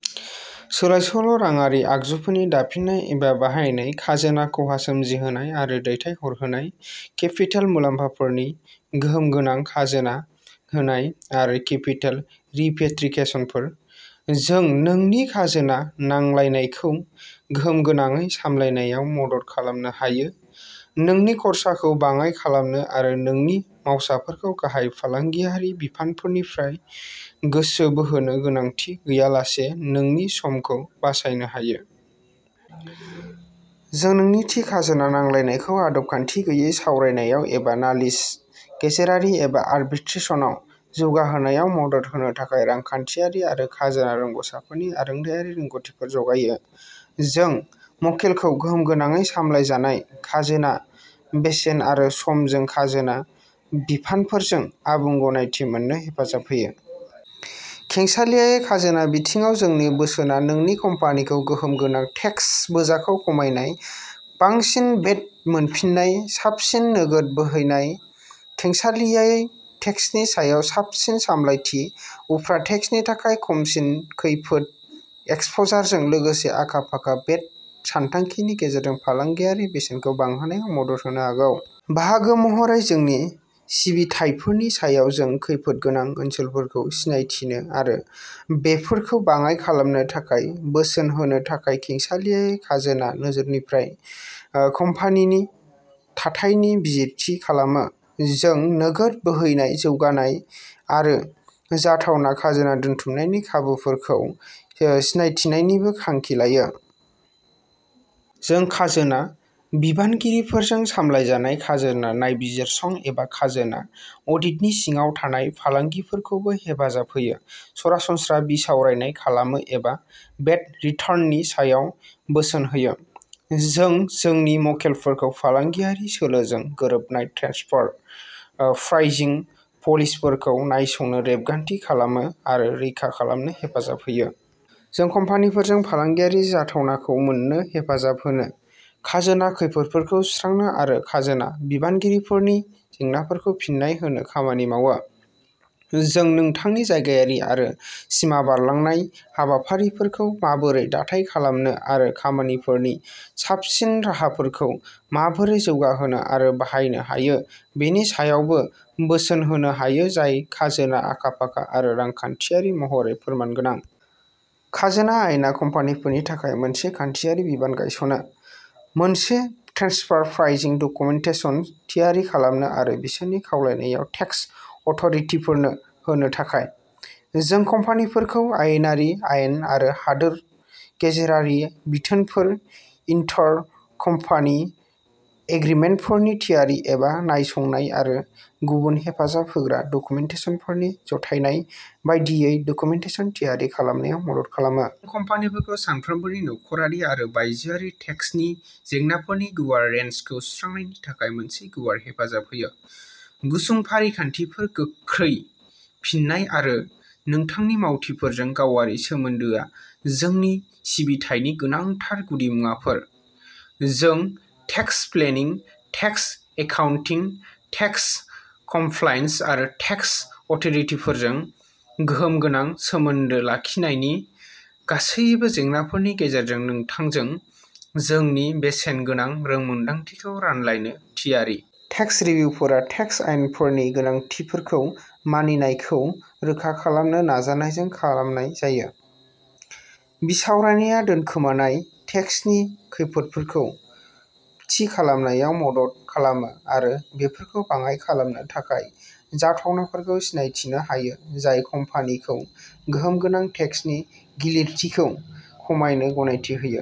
सोलाय-सोल' राङारि आगजुफोरनि दाफिननाय एबा बाहायनाय, खाजोना खहा सोमजिहोनाय आरो दैथायहरहोनाय, केपिटेल मुलाम्फाफोरनि गोहोमगोनां खाजोना होनाय आरो केपिटेल रिपेट्रिकेशनफोर। जों नोंनि खाजोना नांलायनायखौ गोहोमगोनाङै सामलायनायाव मदद खालामनो हायो, नोंनि खरसाखौ बाङाइ खालामनो आरो नोंनि मावसाफोरखौ गाहाय फालांगियारि बिबानफोरनिफ्राय गोसो बोहोनो गोनांथि गैयालासे नोंनि समखौ बासायनो हायो। जों नोंनि थि खाजोना नांलायनायखौ आदब-खान्थि गैयै सावरायनायाव एबा नालिस, गेजेरारि एबा आरबिट्रेसनआव जौगाहोनायाव मदद होनो थाखाय रांखान्थियारि आरो खाजोना रोंग'साफोरनि आरोंदायारि रोंग'थिफोर जगायो। जों मक्केलखौ गोहोमगोनाङै सामलायजानाय खाजोना बेसेन आरो समजों खाजोना बिबानफोरजों आबुं गनायथि मोन्नो हेफाजाब होयो। खेंसालियायै खाजोना बिथिङाव जोंनि बोसोनआ नोंनि कम्पानिखौ गोहोमगोनां टेक्स बोजाखौ खमायनाय, बांसिन वेट मोनफिन्नाय, साबसिन नोगोद बोहैनाय, खेंसालियायै टेक्सनि सायाव साबसिन सामलायथि, उफ्रा टेक्सनि थाखाय खमसिन खैफोद एक्सप'जारजों लोगोसे आखा-फाखा वेट सानथांखिनि गेजेरजों फालांगियारि बेसेनखौ बांहोनायाव मदद होनो हागौ। बाहागो महरै जोंनि सिबिथायफोरनि सायाव जों खैफोदगोनां ओनसोलफोरखौ सिनायथिनो आरो बेफोरखौ बाङाइ खालामनो थाखाय बोसोन होनो थाखाय खेंसालियायै खाजोना नोजोरनिफ्राय कम्पानिनि थाथायनि बिजिरथि खालामो। जों नोगोद बोहैनाय जौगानाय आरो जाथावना खाजोना दोनथुमनायनि खाबुफोरखौ सिनायथिनायनिबो थांखि लायो। जों खाजोना बिबानगिरिफोरजों सामलायजानाय खाजोना नायबिजिरसं एबा खाजोना अडिटनि सिङाव थानाय फालांगिफोरखौबो हेफाजाब होयो, सरासनस्रा बिसावरायनाय खालामो एबा वेट रिटार्ननि सायाव बोसोन होयो। जों जोंनि मक्केलफोरखौ फालांगियारि सोलोजों गोरोबनाय ट्रेन्सफार प्राइसिं पलिसिफोरखौ नायसंनो, रेबगान्थि खालामनो आरो रैखा खालामनो हेफाजाब होयो। जों कम्पानिफोरजों फालांगियारि जाथावनाखौ मोन्नो हेफाजाब होनो, खाजोना खैफोदफोरखौ सुस्रांनो आरो खाजोना बिबानगिरिफोरनि जेंनाफोरखौ फिन्नाय होनो खामानि मावो। जों नोंथांनि जायगायारि आरो सिमा बारलांनाय हाबाफारिफोरखौ माबोरै दाथाय खालामनो आरो खामानिफोरनि साबसिन राहाफोरखौ माबोरै जौगाहोनो आरो बाहायनो हायो बेनि सायावबो बोसोन होनो हायो जाय खाजोना आखा-फाखा आरो रांखान्थियारि महरै फोरमान गोनां। खाजोना आयेनआ कम्पानिफोरनि थाखाय मोनसे खान्थियारि बिबान गायसनो। मोनसे ट्रेन्सफार प्राइसिं डकुमेन्टेसन थियारि खालामनो आरो बिसोरनि खावलायनायाव टेक्स अथ'रिटिफोरनो होनो थाखाय। जों कम्पानिफोरखौ आयेनारि आयेन आरो हादोर गेजेरारि बिथोनफोर, इन्टर-कम्पानि एग्रीमेन्टफोरनि थियारि एबा नायसंनाय आरो गुबुन हेफाजाब होग्रा डकुमेन्टेसनफोरनि जथायनाय बायदियै डकुमेन्टेसन थियारि खालामनायाव मदद खालामो। जों कम्पानिफोरखौ सानफ्रोमबोनि नखरारि आरो बायजोआरि टेक्सनि जेंनाफोरनि गुवार रेन्जखौ सुस्रांनायनि थाखाय मोनसे गुवार हेफाजाब होयो। गुसुं फारिखान्थिफोर, गोख्रै फिननाय आरो नोंथांनि मावथिफोरजों गावारि सोमोन्दोआ जोंनि सिबिथायनि गोनांथार गुदिमुवाफोर। जों tax planning, tax accounting, tax compliance आरो टेक्स अथ'रिटिफोरजों गोहोम गोनां सोमोन्दो लाखिनायनि गासैबो जेंनाफोरनि गेजेरजों नोंथांजों जोंनि बेसेनगोनां रोंमोनदांथिखौ रानलायनो थियारि। टेक्स रिभ्युफोरा टेक्स आयेनफोरनि गोनांथिफोरखौ मानिनायखौ रोखा खालामनो नाजानायजों खालामनाय जायो। बिसावरायनाया दोनखोमानाय टेक्सनि खैफोदफोरखौ थि खालामनायाव मदद खालामो आरो बेफोरखौ बाङाइ खालामनो थाखाय जाथावनाफोरखौ सिनायथिनो हायो, जाय कम्पानिखौ गोहोम गोनां टेक्सनि गिलिरथिखौ खमायनो गनायथि होयो।